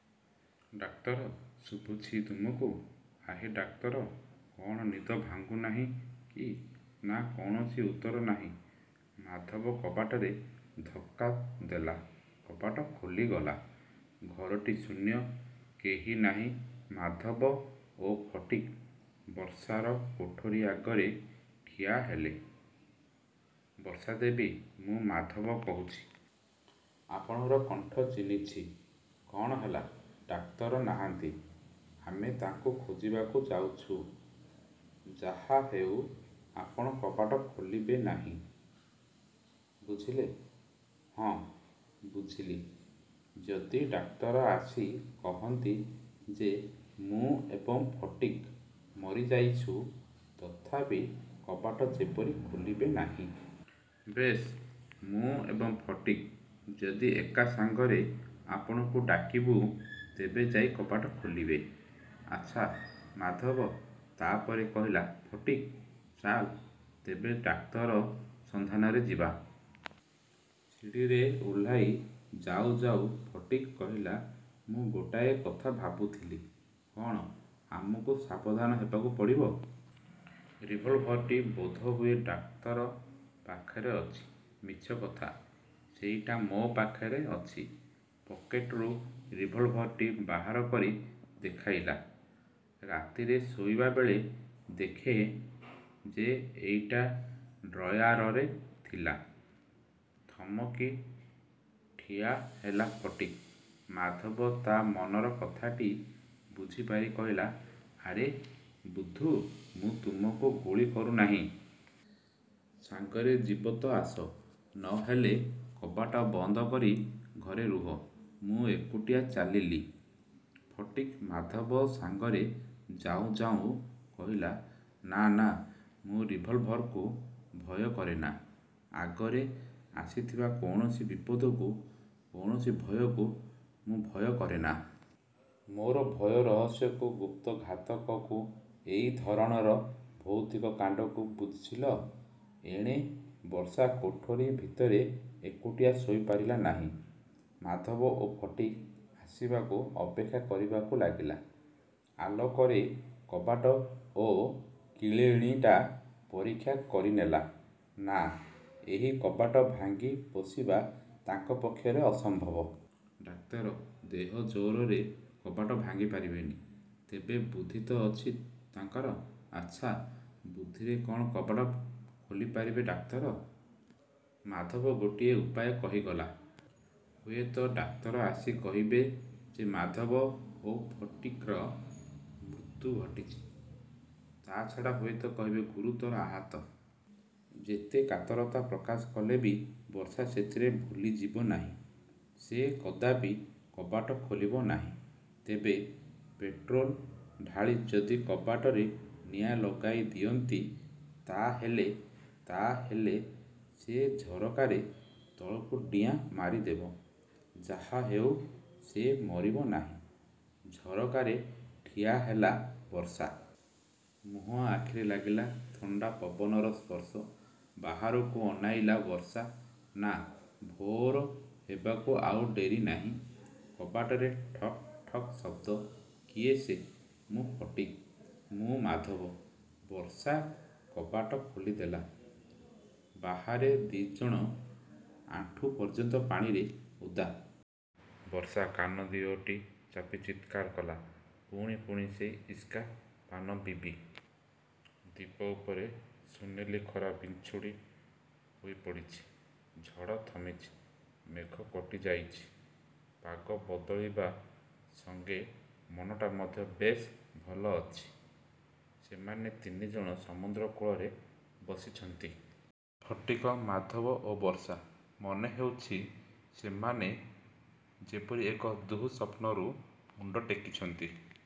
ଡାକ୍ତର, ଶୁଭୁଛି ତମକୁ! ଆହେ ଡାକ୍ତର କ'ଣ ନିଦ ଭାଙ୍ଗୁନାହିଁ କି? -ନା, କୌଣସି ଉତ୍ତର ନାହିଁ। ମାଧବ କବାଟରେ ଧକ୍କା ଦେଲା। କବାଟ ଖୋଲିଗଲା। ଘରଟି ଶୂନ୍ୟ, କେହି ନାହିଁ। ମାଧବ ଓ ଫଟିକ୍ ବର୍ଷାର କୋଠରି ଆଗରେ ଠିଆ ହେଲେ। -ବର୍ଷା ଦେବୀ, ମୁଁ ମାଧବ କହୁଛି। -ଆପଣଙ୍କର କଣ୍ଠ ଚିହ୍ନିଛି। କ'ଣ ହେଲା? -ଡାକ୍ତର ନାହାନ୍ତି। ଆମେ ତାଙ୍କୁ ଖୋଜିବାକୁ ଯାଉଛୁଁ। ଯାହାହେଉ ଆପଣ କବାଟ ଖୋଲିବେ ନାହିଁ, ବୁଝିଲେ? -ହଁ, ବୁଝିଲି। -ଯଦି ଡାକ୍ତର ଆସି କହନ୍ତି ଯେ ମୁଁ ଏବଂ ଫଟିକ୍ ମରିଯାଇଛୁଁ ତଥାପି କବାଟ ଯେପରି ଖୋଲିବେ ନାହିଁ। -ବେଶ୍। -ମୁଁ ଏବଂ ଫଟିକ୍ ଯଦି ଏକାସାଙ୍ଗରେ ଆପଣଙ୍କୁ ଡାକିବୁଁ ତେବେ ଯାଇ କବାଟ ଖୋଲିବେ। -ଆଚ୍ଛା। ମାଧବ ତା'ପରେ କହିଲା-ଫଟିକ୍, ଚାଲ ତେବେ ଡାକ୍ତର ସନ୍ଧାନରେ ଯିବା। ସିଡ଼ିରେ ଓହ୍ଲାଇ ଯାଉଁ ଯାଉଁ ଫଟିକ୍ କହିଲା-ମୁଁ ଗୋଟାଏ କଥା ଭାବୁଥିଲି। -କ'ଣ? -ଆମକୁ ସାବଧାନ ହେବାକୁ ପଡ଼ିବ। ରିଭଲଭର୍ଟି ବୋଧହୁଏ ଡାକ୍ତର ପାଖରେ ଅଛି-। -ମିଛ କଥା, ସେଇଟା ମୋ ପାଖରେ ଅଛି। ପକେଟରୁ ରିଭଲଭର୍ଟି ବାହାରକରି ଦେଖାଇଲା। ରାତିରେ ଶୋଇବାବେଳେ ଦେଖେଁ ଯେ ଏଇଟା ଡ୍ରୟାରରେ ଥିଲା। ଥମକି ଠିଆହେଲା ଫଟିକ୍। ମାଧବ ତା' ମନର କଥାଟି ବୁଝିପାରି କହିଲା-ଆରେ ବୁଦ୍ଧୁ, ମୁଁ ତୁମକୁ ଗୁଳି କରୁନାହିଁ। ସାଙ୍ଗରେ ଯିବ ତ ଆସ, ନ ହେଲେ କବାଟ ବନ୍ଦ କରି ଘରେ ରୁହ। ମୁଁ ଏକୁଟିଆ ଚାଲିଲି। ଫଟିକ୍ ମାଧବ ସାଙ୍ଗରେ ଯାଉଁ ଯାଉଁ କହିଲା-ନା, ନା, ମୁଁ ରିଭଲଭର୍କୁ ଭୟ କରେନା-। ଆଗରେ ଆସିଥିବା କୌଣସି ବିପଦକୁ, କୌଣସି ଭୟକୁ ମୁଁ ଭୟକରେନା। ମୋର ଭୟ ରହସ୍ୟକୁ, ଗୁପ୍ତ ଘାତକକୁ, ଏଇ ଧରଣର ଭୌତିକ କାଣ୍ଡକୁ, ବୁଝିଲ! ଏଣେ ବର୍ଷା କୋଠରି ଭିତରେ ଏକୁଟିଆ ଶୋଇପାରିଲା ନାହିଁ। ମାଧବ ଓ ଫଟିକ୍ ଆସିବାକୁ ଅପେକ୍ଷାକରିବାକୁ ଲାଗିଲା। ଆଲୋକରେ କବାଟ ଓ କିଳିଣୀଟା ପରୀକ୍ଷା କରିନେଲା। ନା, ଏହି କବାଟ ଭାଙ୍ଗି ପଶିବା ତାଙ୍କ ପକ୍ଷରେ ଅସମ୍ଭବ। ଡାକ୍ତର ଦେହଜୋରରେ କବାଟ ଭାଙ୍ଗିପାରିବେନି। ତେବେ ବୁଦ୍ଧି ତ ଅଛି ତାଙ୍କର! ଆଚ୍ଛା, ବୁଦ୍ଧିରେ କ'ଣ କବାଟ ଖୋଲିପାରିବେ ଡାକ୍ତର? ମାଧବ ଗୋଟିଏ ଉପାୟ କହିଗଲା।। ହୁଏତ ଡାକ୍ତର ଆସି କହିବେ ଯେ ମାଧବ ଓ ଫଟିକ୍ର ମୃତ୍ୟୁ ଘଟିଛି। ତା'ଛଡ଼ା ହୁଏତ କହିବେ ଗୁରୁତର ଆହତ। ଯେତେ କାତରତା ପ୍ରକାଶ କଲେ ବି ବର୍ଷା ସେଥିରେ ଭୁଲିଯିବ ନାହିଁ। ସେ କଦାପି କବାଟ ଖୋଲିବ ନାହିଁ। ତେବେ ପେଟ୍ରୋଲ ଢାଳି ଯଦି କବାଟରେ ନିଆଁ ଲଗାଇଦିଅନ୍ତି, ତା'ହେଲେ? ତା'ହେଲେ ସେ ଝରକାରେ ତଳକୁ ଡିଆଁ ମାରିଦେବ। ଯାହାହେଉ ସେ ମରିବ ନାହିଁ। ଝରକାରେ ଠିଆହେଲା ବର୍ଷା। ମୁହଁ ଆଖିରେ ଲାଗିଲା ଥଣ୍ଡା ପବନର ସ୍ପର୍ଶ। ବାହାରକୁ ଅନାଇଲା ବର୍ଷା। ନା, ଭୋର ହେବାକୁ ଆଉ ଡେରି ନାହିଁ। କବାଟରେ ଠକ୍ ଠକ୍ ଶବ୍ଦ। -କିଏସେ? -ମୁଁ ଫଟିକ୍। -ମୁଁ ମାଧବ। ବର୍ଷା କବାଟ ଖୋଲିଦେଲା। ବାହାରେ ଦି'ଜଣ: ଆଣ୍ଠୁ ପର୍ଯ୍ୟନ୍ତ ପାଣିରେ ଓଦା। ବର୍ଷା କାନ ଦିଓଟି ଚାପି ଚିତ୍କାର କଲା-ପୁଣି, ପୁଣି ସେଇ ଇସ୍କା ପାନ ବିବି। ଦ୍ଵୀପ ଉପରେ ସୁନେଲି ଖରା ବିଞ୍ଛୁଡ଼ି ହୋଇ ପଡିଛି। ଝଡ଼ ଥମିଛି। ମେଘ କଟିଯାଇଛି-। ପାଗ ବଦଳିବା ସଙ୍ଗେ ମନଟା ମଧ୍ୟ ବେଶ୍ ଭଲ ଅଛି। ସେମାନେ ତିନିଜଣ ସମୁଦ୍ରକୂଳରେ ବସିଛନ୍ତି। ଫଟିକ୍, ମାଧବ ଓ ବର୍ଷା। ମନେହେଉଛି ସେମାନେ ଯେପରି ଏକ ଦୁଃସ୍ୱପ୍ନରୁ ମୁଣ୍ଡ ଟେକିଛନ୍ତି।